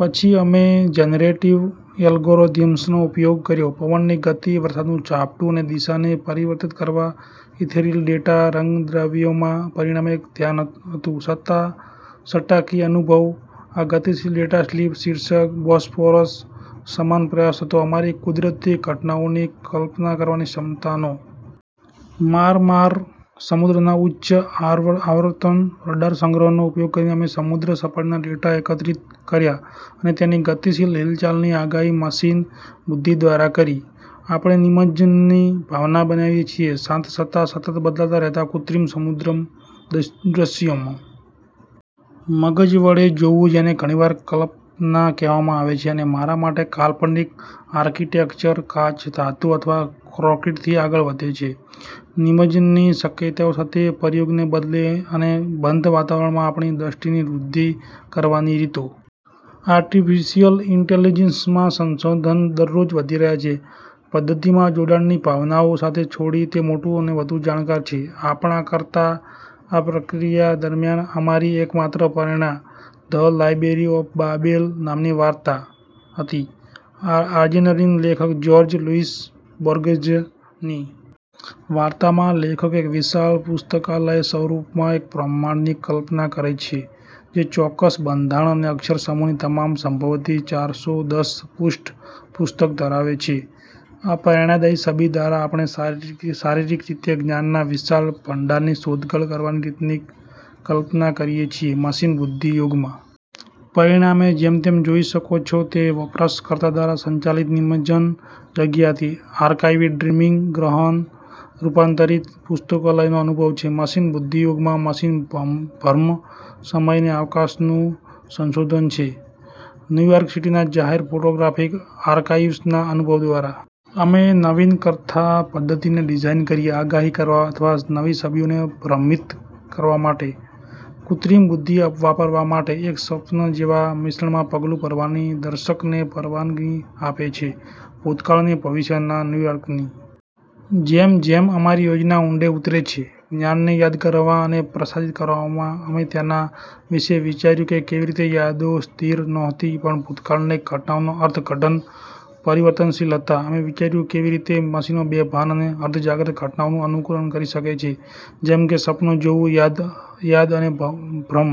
પછી અમે જનરેટિવ એલ્ગોરિધમ્સનો ઉપયોગ કર્યો પવનની ગતિ, વરસાદનું ઝાપટું અને દિશા ને પરિવર્તત કરવા ઇથેરીલ ડેટા રંગદ્રવ્યમાં. પરિણામ એક ધ્યાન હતું છતાં સટ્ટાકીય અનુભવ. આ ગતિશીલ ડેટા શિલ્પ, શિર્ષક "બોસ્ફોરસ," સમાન પ્રયાસ હતો અમારી કુદરતી ઘટનાઓની કલ્પના કરવાની ક્ષમતા નો. મારમાર સમુદ્રના ઉચ્ચ-આવર્તન રડાર સંગ્રહનો ઉપયોગ કરીને અમે સમુદ્ર સપાટીના ડેટા એકત્રિત કર્યા અને તેની ગતિશીલ હિલચાલની આગાહી મશીન બુદ્ધિ દ્વારા કરી. આપણે નિમજ્જનની ભાવના બનાવીએ છીએ શાંત છતાં સતત બદલાતા રહેતા કૃત્રિમ સમુદ્ર દૃશ્યમાં. મગજ વડે જોવું જેને ઘણીવાર કલ્પના કહેવામાં આવે છે, અને મારા માટે, કાલ્પનિક આર્કિટેક્ચર કાચ, ધાતુ અથવા કોંક્રિટથી આગળ વધે છે, નિમજ્જનની શક્યતાઓ સાથેના પ્રયોગ ને બદલે અને બંધ વાતાવારણમાં આપણી દ્રષ્ટિની વૃદ્ધિ કરવાની રીતો. આર્ટિફિશિયલ ઇન્ટેલિજન્સમાં સંશોધન દરરોજ વધી રહ્યું છે, પદ્ધતિમાં જોડાણ ની ભાવનાઓ સાથે છોડી તે મોટું અને વધુ જાણકાર છે આપણા કરતા. આ પ્રક્રિયા દરમિયાન અમારી એકમાત્ર પ્રેરણા "ધ લાઇબ્રેરી ઓફ બાબેલ" નામની વાર્તા હતી આર્જેનરીન લેખક જ્યોર્જ લુઈસ બોર્ગેઝ ની. વાર્તામાં લેખક એક વિશાળ પુસ્તકાલય સ્વરૂપમાં એક બ્રહ્માંડની કલ્પના કરે છે જે ચોક્કસ બંધારણ અને અક્ષર સમૂહની તમામ સંભવિત ચારસો દસ પૃષ્ઠના પુસ્તક ધરાવે છે. આ પ્રેરણાદાયી છબી દ્વારા, આપણે શારીરિક રીતે જ્ઞાનના વિશાળ ભંડારની શોધખોળ કરવાની રીતની કલ્પના કરીએ છીએ, મશીન બુદ્ધિ યુગમાં. પરિણામે, જેમ તમે જોઈ શકો છો, તે વપરાશકર્તા દ્વારા સંચાલિત નિમજ્જન જગ્યા હતી. "આર્કાઇવ ડ્રીમીંગ" ગહન રૂપાંતરિત પુસ્તકાલયનો અનુભવ છે મશીન બુદ્ધિ યુગમાં. "મશીન ભ્રમ" સમય અને અવકાશનું સંશોધન છે ન્યૂ યોર્ક સિટીના જાહેર ફોટોગ્રાફિક આર્કાઇવ્સના અનુભવ દ્વારા. અમે નવીન કથા પદ્ધતિને ડિઝાઇન કરી આગાહી કરવા અથવા નવી છબીઓને ભ્રમિત કરવા માટે કૃત્રિમ બુદ્ધિ વાપરવા માટે, એક સ્વપ્ન જેવા મિશ્રણ માં પગલું ભરવાની દર્શકને પરવાનગી આપે છે ભૂતકાળ અને ભવિષ્યના ન્યૂયોર્ક ની. જેમ જેમ અમારી યોજના ઊંડે ઉતરે છે જ્ઞાનને યાદ કરવામાં અને પ્રસારિત કરવામાં, અમે તેના વિશે વધુ વિચાર્યું કે કેવીરીતે યાદો સ્થિર નહોતી પણ ભૂતકાળની ઘટનાઓનો અર્થઘટન પરિવર્તનશીલ હતા. અમે વિચાર્યું કેવી રીતે મશીનો બેભાન અને અર્ધજાગ્રત ઘટનાઓનું અનુકરણ કરી શકે છે, જેમ કે સ્વપ્ન જોવું, યાદ અને ભ્રમ.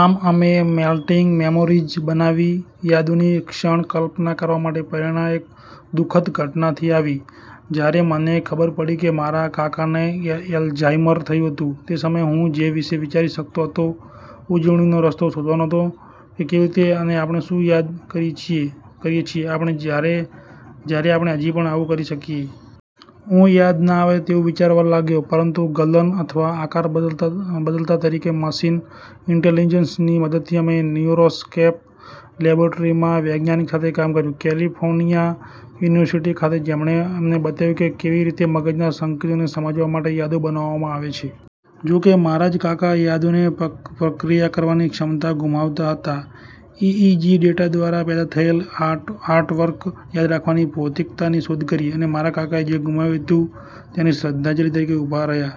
આમ, અમે "મેલ્ટીંગ મેમોરીઝ" બનાવી યાદોની ક્ષણ કલ્પના કરવા માટે. પ્રેરણા એક દુ: ખદ ઘટનાથી આવી, જ્યારે મને ખબર પડી કે મારા કાકાને અલ્ઝાઇમર થયું હતું. તે સમયે, હું જે વિશે વિચારી શકતો હતો ઉજવણીનો રસ્તો શોધવાનો હતો કે કેવી રીતે અને આપણે શું યાદ કરીએ છીએ જ્યારે આપણે હજી પણ આવું કરી શકીએ. હું યાદ ન આવે તેવું વિચારવા લાગ્યો પરંતુ ગલન અથવા આકાર બદલતા તરીકે. મશીન ઇન્ટેલિજન્સની મદદથી, અમે ન્યુરોસ્કેપ લેબોરેટરીમાં વૈજ્ઞાનીક સાથે કામ કર્યું કેલિફોર્નિયા યુનિવર્સિટી ખાતે, જેમણે અમને બતાવ્યું કે કેવી રીતે મગજના સંકેતોને સમજવા માટે યાદો બનાવવામાં આવે છે. જોકે મારા જ કાકા યાદોને પ્રક્રિયા કરવાની ક્ષમતા ગુમાવતા હતા, ઇઇજી ડેટા દ્વારા પેદા થયેલ આર્ટવર્ક યાદ રાખવાની ભૌતિકતાની શોધ કરી અને મારા કાકાએ જે ગુમાવ્યું હતું તેની શ્રદ્ધાંજલિ તરીકે ઉભા રહ્યા.